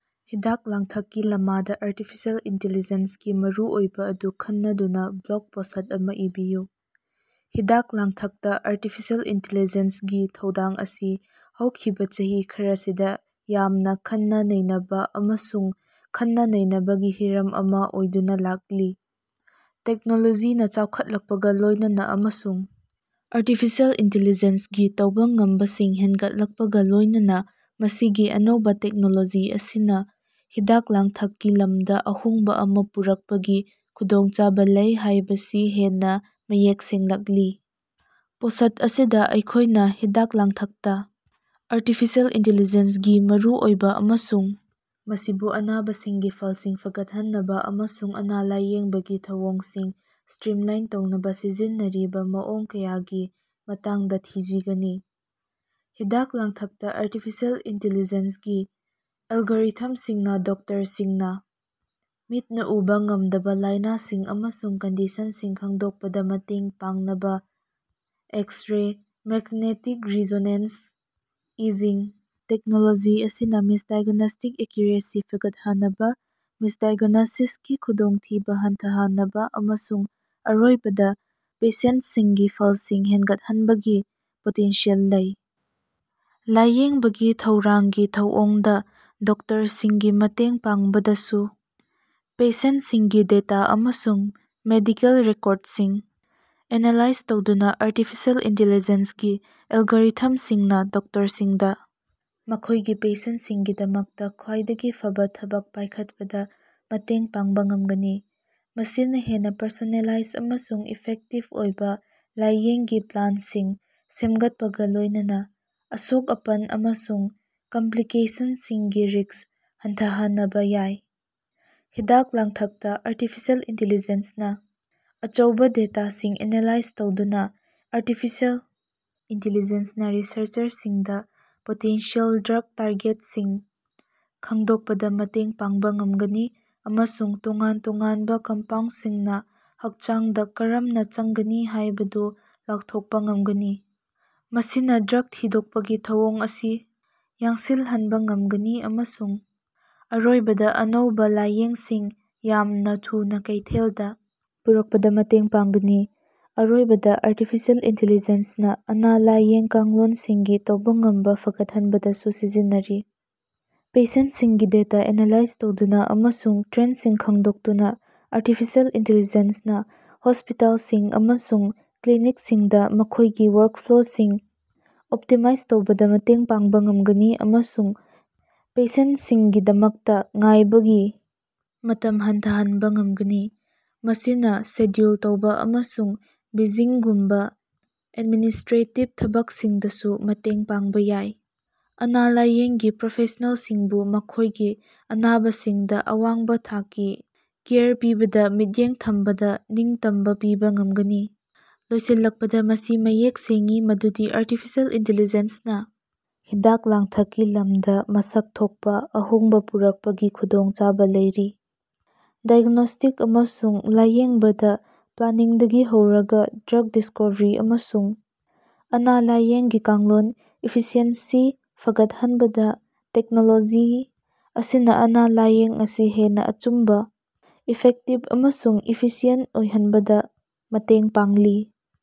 ꯍꯤꯗꯥꯛ ꯂꯥꯡꯊꯛꯀꯤ ꯂꯃꯗꯥ ꯑꯥꯔꯇꯤꯐꯤꯁꯤꯑꯦꯜ ꯏꯟꯇꯦꯂꯤꯖꯦꯟꯁꯀꯤ ꯃꯔꯨꯑꯣꯏꯕꯥ ꯑꯗꯨ ꯈꯟꯅꯗꯨꯅꯥ ꯕ꯭ꯂꯣꯒ ꯄꯣꯁ꯭ꯠ ꯑꯃꯥ ꯏꯕꯤꯌꯨ꯫ ꯍꯤꯗꯥꯛ-ꯂꯥꯡꯊꯛꯇꯥ ꯑꯥꯔꯇꯤꯐꯤꯁꯤꯑꯦꯜ ꯏꯟꯇꯤꯂꯤꯖꯦꯟꯁ ꯒꯤ ꯊꯧꯗꯥꯡ ꯑꯁꯤ ꯍꯧꯈꯤꯕꯥ ꯆꯍꯤ ꯈꯔꯁꯤꯗꯥ ꯌꯥꯝꯅꯥ ꯈꯟꯅ-ꯅꯩꯅꯕꯥ ꯑꯃꯁꯨꯡ ꯈꯟꯅ-ꯅꯩꯅꯕꯒꯤ ꯍꯤꯔꯝ ꯑꯃꯥ ꯑꯣꯏꯗꯨꯅꯥ ꯂꯥꯛꯂꯤ꯫ ꯇꯦꯛꯅꯣꯂꯣꯖꯤꯅꯥ ꯆꯥꯎꯈꯠꯂꯛꯄꯒꯥ ꯂꯣꯏꯅꯅꯥ ꯑꯃꯁꯨꯡ ꯑꯥꯔꯇꯤꯐꯤꯁꯤꯑꯦꯜ ꯏꯟꯇꯦꯂꯤꯖꯦꯟꯁ ꯒꯤ ꯇꯧꯕꯥ ꯉꯝꯕꯁꯤꯡ ꯍꯦꯟꯒꯠꯂꯛꯄꯒꯥ ꯂꯣꯏꯅꯅꯥ ꯃꯁꯤꯒꯤ ꯑꯅꯧꯕꯥ ꯇꯦꯛꯅꯣꯂꯣꯖꯤ ꯑꯁꯤꯅꯥ ꯍꯤꯗꯥꯛ ꯂꯥꯡꯊꯛꯀꯤ ꯂꯝꯗꯥ ꯑꯍꯣꯡꯕꯥ ꯑꯃꯥ ꯄꯨꯔꯀꯄꯒꯤ ꯈꯨꯗꯣꯡꯆꯕ ꯂꯩ ꯍꯥꯌꯕꯁꯤ ꯍꯦꯟꯅꯥ ꯃꯌꯦꯛ ꯁꯦꯡꯂꯛꯂꯤ꯫ ꯄꯣꯁꯠ ꯑꯁꯤꯗꯥ ꯑꯩꯈꯣꯌꯅꯥ ꯍꯤꯗꯥꯛ ꯂꯥꯡꯊꯛꯇ ꯑꯥꯔꯇꯤꯐꯤꯁꯤꯑꯦꯜ ꯏꯟꯇꯦꯂꯤꯖꯦꯟꯁ ꯒꯤ ꯃꯔꯨꯑꯣꯏꯕꯥ ꯑꯃꯁꯨꯡ ꯃꯁꯤꯕꯨ ꯑꯅꯥꯕꯁꯤꯡꯒꯤ ꯐꯜꯁꯤꯡ ꯐꯒꯠꯍꯟꯅꯕꯥ ꯑꯃꯁꯨꯡ ꯑꯅ-ꯂꯏꯌꯦꯡꯒꯤ ꯊꯧꯑꯣꯡꯁꯤꯡ ꯁꯇ꯭ꯔꯤꯝꯂꯥꯏꯟ ꯇꯧꯅꯕꯥ ꯁꯤꯖꯤꯟꯅꯔꯤꯕꯥ ꯃꯑꯣꯡ ꯀꯌꯥꯒꯤ ꯃꯇꯥꯡꯗꯥ ꯊꯤꯖꯤꯒꯅꯤ꯫ ꯍꯤꯗꯥꯛ-ꯂꯥꯡꯊꯛꯇꯥ ꯑꯥꯔꯇꯤꯐꯤꯁꯤꯑꯦꯜ ꯏꯟꯇꯦꯂꯤꯖꯦꯟꯁ ꯒꯤ ꯑꯦꯜꯒꯣꯔꯤꯊꯝꯁꯤꯡꯅꯥ ꯗꯣꯛꯇꯔꯁꯤꯡꯅꯥ ꯃꯤꯠꯅꯥ ꯎꯕꯥ ꯉꯝꯗꯕꯥ ꯂꯥꯏꯅꯥꯁꯤꯡ ꯑꯃꯁꯨꯡ ꯀꯟꯗꯤꯁꯟꯁꯤꯡ ꯈꯡꯗꯣꯛꯄꯗꯥ ꯃꯇꯦꯡ ꯄꯥꯡꯅꯕꯥ x-ray, magnetic resonance imaging technology ꯑꯁꯤꯅꯥ ꯗꯥꯏꯒ꯭ꯅꯣꯁ꯭ꯇꯤꯛ ꯑꯦꯛꯀ꯭ꯌꯨꯔꯦꯁꯤ ꯐꯒꯠꯍꯅꯕꯥ, ꯃꯤꯁꯗꯥꯏꯒ꯭ꯅꯣꯁꯤꯁꯀꯤ ꯈꯨꯗꯣꯡꯊꯤꯕꯥ ꯍꯟꯊꯍꯅꯕꯥ ꯑꯃꯁꯨꯡ ꯑꯔꯣꯏꯕꯗꯥ ꯄꯦꯁꯦꯟꯇꯁꯤꯡꯒꯤ ꯐꯜꯁꯤꯡ ꯐꯒꯠꯍꯟꯕꯒꯤ ꯄꯣꯇꯦꯟꯁꯤꯌꯦꯜ ꯂꯩ꯫ ꯂꯥꯏꯌꯦꯡꯕꯒꯤ ꯊꯧꯔꯥꯡꯒꯤ ꯊꯧꯑꯣꯡꯗꯥ ꯗꯣꯛꯇꯔꯁꯤꯡꯒꯤ ꯃꯇꯦꯡ ꯄꯥꯡꯕꯗꯁꯨ, ꯄꯦꯁꯦꯟꯇꯁꯤꯡꯒꯤ ꯗꯦꯇꯥ ꯑꯃꯁꯨꯡ ꯃꯦꯗꯤꯀꯦꯜ ꯔꯦꯀꯣꯔꯗꯁꯤꯡ ꯑꯦꯅꯥꯂꯥꯏꯖ ꯇꯧꯗꯨꯅꯥ ꯑꯥꯔꯇꯤꯐꯤꯁꯤꯑꯦꯜ ꯏꯟꯇꯦꯂꯤꯖꯦꯟꯁ ꯒꯤ ꯑꯦꯜꯒꯣꯔꯤꯊꯝꯁꯤꯡꯅꯥ ꯗꯣꯛꯇꯔꯁꯤꯡꯗꯥ ꯃꯈꯣꯏꯒꯤ ꯄꯦꯁꯦꯟꯇꯁꯤꯡꯒꯤꯗꯃꯛꯇꯥ ꯈ꯭ꯋꯥꯏꯗꯒꯤ ꯐꯕꯥ ꯊꯕꯛ ꯄꯥꯏꯈꯠꯄꯗꯥ ꯃꯇꯦꯡ ꯄꯥꯡꯕꯥ ꯉꯝꯒꯅꯤ꯫ ꯃꯁꯤꯅꯥ ꯍꯦꯟꯅꯥ ꯄꯔꯁꯣꯅꯦꯂꯥꯏꯖ ꯑꯃꯁꯨꯡ ꯏꯐꯦꯛꯇꯤꯚ ꯑꯣꯏꯕꯥ ꯂꯥꯏꯌꯦꯡꯒꯤ ꯄ꯭ꯂꯥꯟꯁꯤꯡ ꯁꯦꯝꯒꯠꯄꯒꯥ ꯂꯣꯏꯅꯅꯥ, ꯑꯁꯣꯛ-ꯑꯄꯟ ꯑꯃꯁꯨꯡ ꯀꯝꯞꯂꯤꯀꯦꯁꯟꯁꯤꯡꯒꯤ ꯔꯤꯁꯛ ꯍꯟꯊꯍꯅꯕꯥ ꯌꯥꯏ꯫ ꯍꯤꯗꯥꯛ-ꯂꯥꯡꯊꯛꯇꯥ ꯑꯥꯔꯇꯤꯐꯤꯁꯤꯑꯦꯜ ꯏꯟꯇꯦꯂꯤꯖꯦꯟꯁꯅꯥ ꯑꯆꯧꯕꯥ ꯗꯦꯇꯥꯁꯤꯡ ꯑꯦꯅꯥꯂꯥꯏꯖ ꯇꯧꯗꯨꯅꯥ ꯑꯥꯔꯇꯤꯐꯤꯁꯤꯑꯦꯜ ꯏꯟꯇꯦꯂꯤꯖꯦꯟꯁꯅꯥ ꯔꯤꯁꯔꯆꯔꯁꯤꯡꯗꯥ ꯄꯣꯇꯦꯟꯁꯤꯌꯦꯜ ꯗ꯭ꯔꯒ ꯇꯥꯔꯒꯦꯠꯁꯤꯡ ꯈꯉꯗꯣꯀꯄꯗꯥ ꯃꯇꯦꯡ ꯄꯥꯡꯕꯥ ꯉꯝꯒꯅꯤ ꯑꯃꯁꯨꯡ ꯇꯣꯉꯥꯟ ꯇꯣꯉꯥꯟꯕꯥ ꯀꯝꯄꯥꯎꯟꯗꯁꯤꯡꯅꯥ ꯍꯀꯆꯥꯡꯗꯥ ꯀꯔꯝꯅꯥ ꯆꯪꯒꯅꯤ ꯍꯥꯌꯕꯗꯨ ꯂꯥꯎꯊꯣꯀꯄꯥ ꯉꯃꯒꯅꯤ꯫ ꯃꯁꯤꯅꯥ ꯗ꯭ꯔꯒ ꯊꯤꯗꯣꯛꯄꯒꯤ ꯊꯧꯑꯣꯡ ꯑꯁꯤ ꯌꯥꯡꯁꯤꯜꯍꯟꯕꯥ ꯉꯝꯒꯅꯤ ꯑꯃꯁꯨꯡ ꯑꯔꯣꯏꯕꯗꯥ ꯑꯅꯧꯕꯥ ꯂꯥꯌꯦꯡꯁꯤꯡ ꯌꯥꯝꯅꯥ ꯊꯨꯅꯥ ꯀꯩꯊꯦꯜꯗꯥ ꯄꯨꯔꯀꯄꯗꯥ ꯃꯇꯦꯡ ꯄꯥꯡꯒꯅꯤ꯫ ꯑꯔꯣꯏꯕꯗꯥ, ꯑꯥꯔꯇꯤꯐꯤꯁꯤꯑꯦꯜ ꯏꯟꯇꯦꯂꯤꯖꯦꯟꯁꯅꯥ ꯑꯅꯥ-ꯂꯥꯏꯌꯦꯡ ꯀꯥꯡꯂꯣꯟꯁꯤꯡꯒꯤ ꯇꯧꯕꯉꯝꯕꯥ ꯐꯒꯠꯍꯟꯕꯗꯁꯨ ꯁꯤꯖꯤꯟꯅꯔꯤ꯫ ꯄꯦꯁꯦꯟ꯭ꯇꯁꯤꯡꯒꯤ ꯗꯦꯇꯥ ꯑꯦꯅꯥꯂꯥꯏꯖ ꯇꯧꯗꯨꯅꯥ ꯑꯃꯁꯨꯡ ꯇ꯭ꯔꯦꯟ꯭ꯗꯁꯤꯡ ꯈꯡꯗꯣꯛꯇꯨꯅꯥ ꯑꯥꯔꯇꯤꯐꯤꯁꯤꯑꯦꯜ ꯏꯟꯇꯦꯂꯤꯖꯦꯟ꯭ꯁꯅꯥ ꯍꯣꯁꯄꯤꯇꯥꯜꯁꯤꯡ ꯑꯃꯁꯨꯡ ꯀ꯭ꯂꯤꯅꯤꯛꯁꯤꯡꯗꯥ ꯃꯈꯣꯏꯒꯤ ꯋꯥꯔꯛꯐ꯭ꯂꯣꯁꯤꯡ ꯑꯣꯞꯇꯤꯃꯥꯏꯖ ꯇꯧꯕꯗꯥ ꯃꯇꯦꯡ ꯄꯥꯡꯕꯥ ꯉꯝꯒꯅꯤ ꯑꯃꯁꯨꯡ ꯄꯦꯁꯦꯟꯇꯁꯤꯡꯒꯤꯗꯃꯛꯇꯥ ꯉꯥꯏꯕꯒꯤ ꯃꯇꯝ ꯍꯟꯊꯍꯟꯕꯥ ꯉꯝꯒꯅꯤ꯫ ꯃꯁꯤꯅꯥ ꯁꯦꯗ꯭ꯌꯨꯜ ꯇꯧꯕꯥ ꯑꯃꯁꯨꯡ ꯕꯤꯂꯤꯡꯒꯨꯝꯕꯥ ꯑꯦꯗꯃꯤꯅꯤꯁꯇ꯭ꯔꯦꯇꯤꯕ ꯊꯕꯛꯁꯤꯡꯗꯁꯨ ꯃꯇꯦꯡ ꯄꯥꯡꯕꯥ ꯌꯥꯏ, ꯑꯅ-ꯥꯂꯥꯏꯌꯦꯡꯒꯤ ꯄ꯭ꯔꯣꯐꯦꯁ꯭ꯅꯦꯂꯁꯤꯡꯕꯨ ꯃꯈꯣꯏꯒꯤ ꯑꯅꯥꯕꯁꯤꯡꯗꯥ ꯑꯋꯥꯡꯕꯥ ꯊꯥꯛꯀꯤ ꯀꯦꯌꯔ ꯄꯤꯕꯗꯥ ꯃꯤꯠꯌꯦꯡ ꯊꯝꯕꯗ ꯅꯤꯡꯇꯝꯕꯥ ꯄꯤꯕꯥ ꯉꯃꯒꯅꯤ꯫ ꯂꯣꯏꯁꯤꯜꯂꯛꯄꯗꯥ, ꯃꯁꯤ ꯃꯌꯦꯛ ꯁꯦꯡꯏ ꯃꯗꯨꯗꯤ ꯑꯥꯔꯇꯤꯐꯤꯁꯤꯑꯦꯜ ꯏꯟꯇꯦꯂꯤꯖꯦꯟꯁꯅꯥ ꯍꯤꯗꯥꯛ ꯂꯥꯡꯊꯛꯀꯤ ꯂꯃꯗꯥ ꯃꯁꯛ ꯊꯣꯛꯄꯥ ꯑꯍꯣꯡꯕꯥ ꯄꯨꯔꯛꯄꯒꯤ ꯈꯨꯗꯣꯡꯆꯕ ꯂꯩꯔꯤ꯫ ꯗꯥꯏꯒ꯭ꯅꯣꯁ꯭ꯇꯤꯛ ꯑꯃꯁꯨꯡ ꯂꯥꯏꯌꯦꯡꯕꯗ ꯄ꯭ꯂꯥꯅꯤꯡꯗꯒꯤ ꯍꯧꯔꯒꯥ ꯗ꯭ꯔꯒ ꯗꯤꯁ꯭ꯀꯣꯚꯔꯤ ꯑꯃꯁꯨꯡ ꯑꯅ-ꯥꯂꯥꯏꯌꯦꯡꯒꯤ ꯀꯥꯡꯂꯣꯟ ꯏꯐꯤꯁꯤꯑꯦꯟꯁꯤ ꯐꯥꯒꯠꯍꯟꯕꯗ ꯇꯦꯛꯅꯣꯂꯣꯖꯤ ꯑꯁꯤꯅꯥ ꯑꯅ-ꯥꯂꯥꯏꯌꯦꯡ ꯑꯁꯤ ꯍꯦꯟꯅꯥ ꯑꯆꯨꯝꯕꯥ, ꯏꯐꯦꯛꯇꯤꯕ ꯑꯃꯁꯨꯡ ꯏꯐꯤꯁꯤꯌꯦꯟꯇ ꯑꯣꯏꯍꯅꯕꯗꯥ ꯃꯇꯦꯡ ꯄꯥꯡꯂꯤ꯫